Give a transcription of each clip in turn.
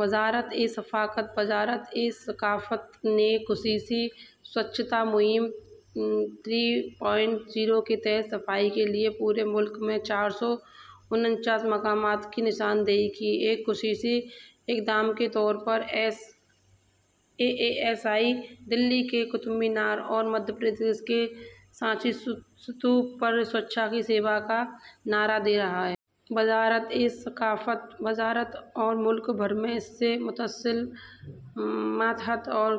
وزارت ثقافت۔ وزارت ثقافت نے خصوصی سوچھتا مہم تین اعشاریہ صفر کے تحت صفائی کے لیے ملک بھر میں چار سو انچاس مقامات کی نشاندہی کی۔ ایک خصوصی اقدام کے طور پر اے ایس آئی دہلی کے قطب مینار اور مدھیہ پردیش میں سانچی استوپا پر سوچھتا ہی سیوا کا نعرہ دے رہا ہے۔ وزارت ثقافت وزارت اور ملک بھر میں اس سے منسلک، ماتحت اور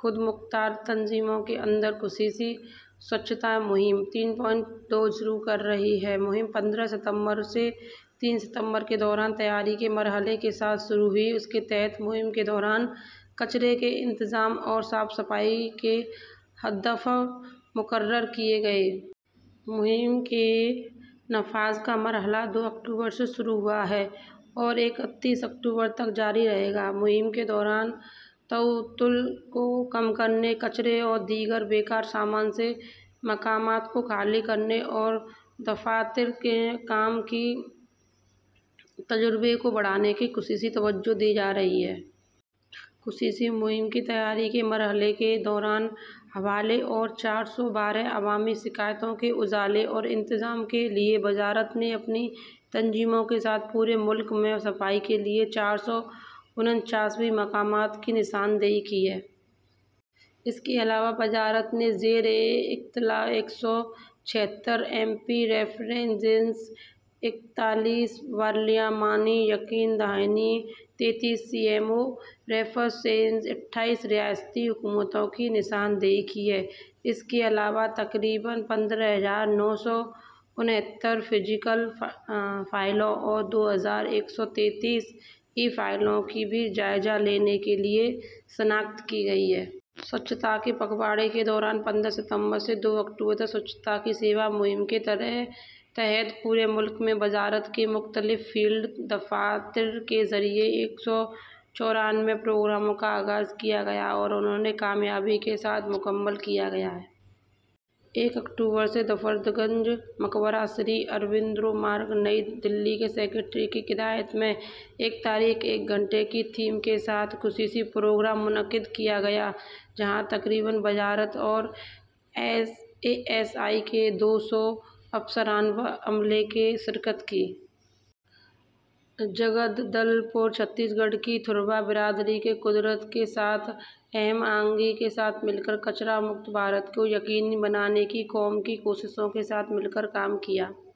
خود مختار تنظیموں کے اندر خصوصی سوچھتا مہم تین اعشاریہ صفر شروع کر رہی ہے۔ مہم پندرہ ستمبر سے تیس ستمبر کے دوران تیاری کے مرحلے کے ساتھ شروع ہوئی جس کے تحت مہم کے دوران کچرے کے بندوبست اور صفائی ستھرائی کے اہداف مقرر کیے گئے ہیں۔ مہم کے نفاذ کا مرحلہ دو اکتوبر سے شروع ہوا ہے اور یہ اکتیس اکتوبر تک جاری رہے گا۔ مہم کے دوران التوا کو کم کرنے، کچرے اور دیگر بے کار سازوسامان سے مقامات کو خالی کرنے اور دفاتر میں کام کی جگہ کے تجربے کو بڑھانے پر خصوصی توجہ دی جا رہی ہے۔ خصوصی مہم کے تیاری کے مرحلے کے دوران حوالہ جات اور چار سو بارہ عوامی شکایات کے ازالے اور بندوبست کے لیے وزارت نے اپنی تنظیموں کے ساتھ ملک بھر میں صفائی کے لیے چار سو انچاس مقامات کی نشاندہی کی ہے۔ اس کے علاوہ وزارت نے زیر التواء ایک سو چھہتر ایم پی ریفرنسز، اکتالیس پارلیمانی یقین دہانیوں، تینتیس پی ایم او ریفرنسز، اٹھائیس ریاستی حکومتوں کی نشاندہی کی ہے۔ اس کے علاوہ تقریباً پندرہ ہزار نو سو انہتر فزیکل فائلوں اور دو ہزار ایک سو تینتیس ای فائلوں کی بھی جائزہ لینے کے لیے شناخت کی گئی ہے۔ سوچھتا پکھواڑے کے دوران پندرہ ستمبر سے دو اکتوبر تک، سوچھتا ہی سیوا مہم کے تحت ملک بھر میں وزارت کے مختلف فیلڈ دفاتر کے ذریعے ایک سو چورانوے پروگراموں کا آغاز اور کامیابی کے ساتھ مکمل کیے گئے۔ یکم اکتوبر کو صفدر جنگ مقبرہ، سری اروبندو مارگ، نئی دہلی میں سکریٹری کی قیادت میں ایک تاریخ ایک گھنٹہ کے تھیم کے ساتھ ایک خصوصی پروگرام منعقد کیا گیا جہاں تقریباً وزارت اور اے ایس آئی کے دو سو افسران و عملہ نے شرکت کی۔ جگدل پور، چھتیس گڑھ کی دھروا برادری نے قدرت کے ساتھ ہم آہنگی کے ساتھ مل کر کوڑے سے پاک بھارت کو یقینی بنانے کی قوم کی کوششوں کے ساتھ مل کر کام کیا۔